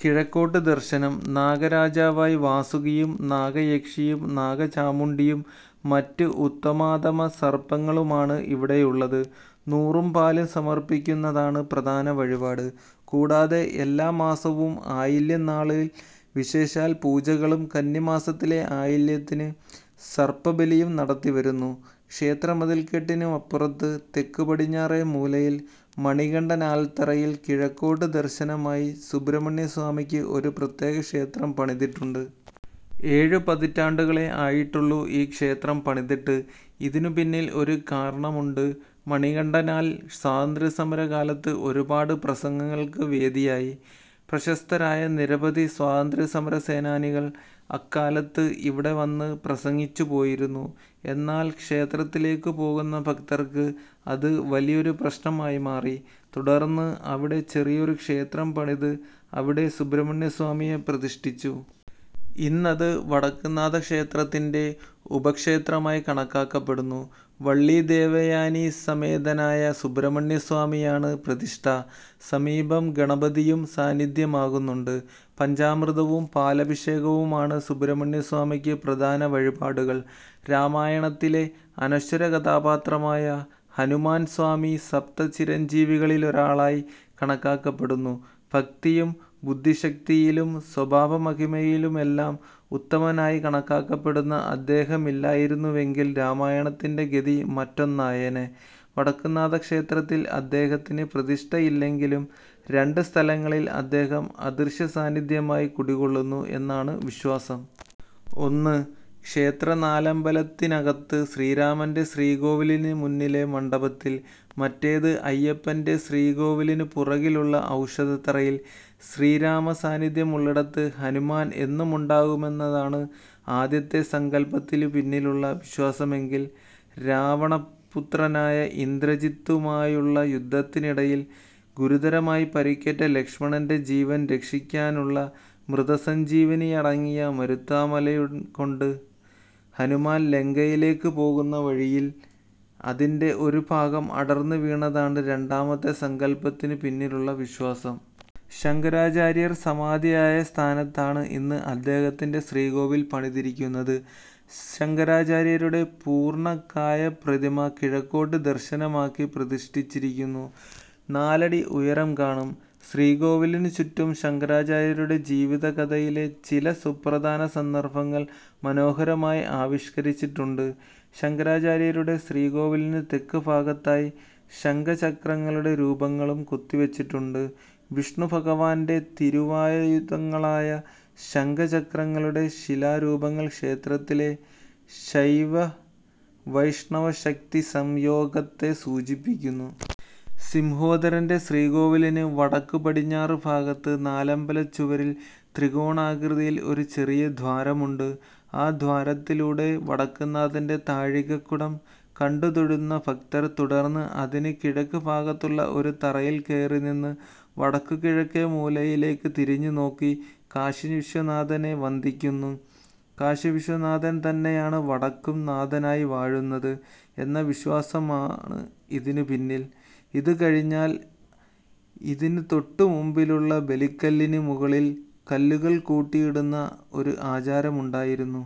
കിഴക്കോട്ട് ദർശനം. നാഗരാജാവായി വാസുകിയും നാഗയക്ഷിയും നാഗചാമുണ്ഡിയും മറ്റ് ഉത്തമാധമസർപ്പങ്ങളുമാണ് ഇവിടെയുള്ളത്. നൂറും പാലും സമർപ്പിയ്ക്കുന്നതാണ് പ്രധാന വഴിപാട്. കൂടാതെ എല്ലാമാസവും ആയില്യം നാളിൽ വിശേഷാൽ പൂജകളും കന്നിമാസത്തിലെ ആയില്യത്തിന് സർപ്പബലിയും നടത്തിവരുന്നു. ക്ഷേത്രമതിൽക്കെട്ടിനുപുറത്ത് തെക്കുപടിഞ്ഞാറേമൂലയിൽ മണികണ്ഠനാൽത്തറയിൽ കിഴക്കോട്ട് ദർശനമായി സുബ്രഹ്മണ്യസ്വാമിയ്ക്ക് ഒരു പ്രത്യേകക്ഷേത്രം പണിതിട്ടുണ്ട്. ഏഴുപതിറ്റാണ്ടുകളേ ആയിട്ടുള്ളൂ ഈ ക്ഷേത്രം പണിതിട്ട്. ഇതിനുപിന്നിൽ ഒരു കാരണമുണ്ട്: മണികണ്ഠനാൽ സ്വാതന്ത്ര്യസമരകാലത്ത് ഒരുപാട് പ്രസംഗങ്ങൾക്ക് വേദിയായി. പ്രശസ്തരായ നിരവധി സ്വാതന്ത്ര്യസമരസേനാനികൾ അക്കാലത്ത് ഇവിടെ വന്ന് പ്രസംഗിച്ചുപോയിരുന്നു. എന്നാൽ ക്ഷേത്രത്തിലേയ്ക്കുപോകുന്ന ഭക്തർക്ക് അത് വലിയൊരു പ്രശ്നമായി മാറി. തുടർന്ന് അവിടെ ചെറിയൊരു ക്ഷേത്രം പണിത് അവിടെ സുബ്രഹ്മണ്യസ്വാമിയെ പ്രതിഷ്ഠിച്ചു. ഇന്നത് വടക്കുംനാഥക്ഷേത്രത്തിന്റെ ഉപക്ഷേത്രമായി കണക്കാക്കപ്പെടുന്നു. വള്ളീദേവയാനീസമേതനായ സുബ്രഹ്മണ്യസ്വാമിയാണ് പ്രതിഷ്ഠ. സമീപം ഗണപതിയും സാന്നിദ്ധ്യമാകുന്നുണ്ട്. പഞ്ചാമൃതവും പാലഭിഷേകവുമാണ് സുബ്രഹ്മണ്യസ്വാമിയ്ക്ക് പ്രധാന വഴിപാടുകൾ. രാമായണത്തിലെ അനശ്വരകഥാപാത്രമായ ഹനുമാൻ സ്വാമി സപ്തചിരഞ്ജീവികളിലൊരാളായി കണക്കാക്കപ്പെടുന്നു. ഭക്തിയിലും ബുദ്ധിശക്തിയിലും സ്വഭാവമഹിമയിലുമെല്ലാം ഉത്തമനായി കണക്കാക്കപ്പെടുന്ന അദ്ദേഹമില്ലായിരുന്നുവെങ്കിൽ രാമായണത്തിന്റെ ഗതി മറ്റൊന്നായേനെ. വടക്കുംനാഥക്ഷേത്രത്തിൽ അദ്ദേഹത്തിന് പ്രതിഷ്ഠയില്ലെങ്കിലും രണ്ട് സ്ഥലങ്ങളിൽ അദ്ദേഹം അദൃശ്യസാന്നിദ്ധ്യമായി കുടികൊള്ളുന്നു എന്നാണ് വിശ്വാസം. ഒന്ന്, ക്ഷേത്രനാലമ്പലത്തിനകത്ത് ശ്രീരാമന്റെ ശ്രീകോവിലിന് മുന്നിലെ മണ്ഡപത്തിൽ; മറ്റേത്, അയ്യപ്പന്റെ ശ്രീകോവിലിനുപുറകിലുള്ള ഔഷധത്തറയിൽ. ശ്രീരാമസാന്നിദ്ധ്യമുള്ളിടത്ത് ഹനുമാൻ എന്നുമുണ്ടാകുമെന്നതാണ് ആദ്യത്തെ സങ്കല്പത്തിനുപിന്നിലുള്ള വിശ്വാസമെങ്കിൽ, രാവണപുത്രനായ ഇന്ദ്രജിത്തുമായുള്ള യുദ്ധത്തിനിടയിൽ ഗുരുതരമായി പരുക്കേറ്റ ലക്ഷ്മണന്റെ ജീവൻ രക്ഷിയ്ക്കാനുള്ള മൃതസഞ്ജീവനിയടങ്ങിയ മരുത്വാമലയും കൊണ്ട് ഹനുമാൻ ലങ്കയിലേയ്ക്കുപോകുന്ന വഴിയിൽ അതിന്റെ ഒരുഭാഗം അടർന്നുവീണതാണ് രണ്ടാമത്തെ സങ്കല്പത്തിനുപിന്നിലുള്ള വിശ്വാസം. ശങ്കരാചാര്യർ സമാധിയായ സ്ഥാനത്താണ് ഇന്ന് അദ്ദേഹത്തിന്റെ ശ്രീകോവിൽ പണിതിരിയ്ക്കുന്നത്. ശങ്കരാചാര്യരുടെ പൂർണകായപ്രതിമ കിഴക്കോട്ട് ദർശനമാക്കി പ്രതിഷ്ഠിച്ചിരിയ്ക്കുന്നു. നാലടി ഉയരം കാണും. ശ്രീകോവിലിനുചുറ്റും ശങ്കരാചാര്യരുടെ ജീവിതകഥയിലെ ചില സുപ്രധാന സന്ദർഭങ്ങൾ മനോഹരമായി ആവിഷ്കരിച്ചിട്ടുണ്ട്. ശങ്കരാചാര്യരുടെ ശ്രീകോവിലിന് തെക്കുഭാഗത്തായി ശംഖചക്രങ്ങളുടെ രൂപങ്ങളും കൊത്തിവച്ചിട്ടുണ്ട്. വിഷ്ണുഭഗവാന്റെ തിരുവായുധങ്ങളായ ശംഖചക്രങ്ങളുടെ ശിലാരൂപങ്ങൾ ക്ഷേത്രത്തിലെ ശൈവവൈഷ്ണവശക്തിസംയോഗത്തെ സൂചിപ്പിയ്ക്കുന്നു. സിംഹോദരന്റെ ശ്രീകോവിലിന് വടക്കുപടിഞ്ഞാറുഭാഗത്ത് നാലമ്പലച്ചുവരിൽ ത്രികോണാകൃതിയിൽ ഒരു ചെറിയ ദ്വാരമുണ്ട്. ആ ദ്വാരത്തിലൂടെ വടക്കുംനാഥന്റെ താഴികക്കുടം കണ്ടുതൊഴുന്ന ഭക്തർ തുടർന്ന് അതിന് കിഴക്കുഭാഗത്തുള്ള ഒരു തറയിൽ കയറിനിന്ന് വടക്കുകിഴക്കേമൂലയിലേയ്ക്ക് തിരിഞ്ഞുനോക്കി കാശീവിശ്വനാഥനെ വന്ദിയ്ക്കുന്നു. കാശീവിശ്വനാഥൻ തന്നെയാണ് വടക്കുംനാഥനായി വാഴുന്നത് എന്ന വിശ്വാസമാണ് ഇതിനുപിന്നിൽ. ഇതുകഴിഞ്ഞാൽ ഇതിന് തൊട്ടുമുമ്പിലുള്ള ബലിക്കല്ലിന് മുകളിൽ കല്ലുകൾ കൂട്ടിയിടുന്ന ഒരു ആചാരമുണ്ടായിരുന്നു.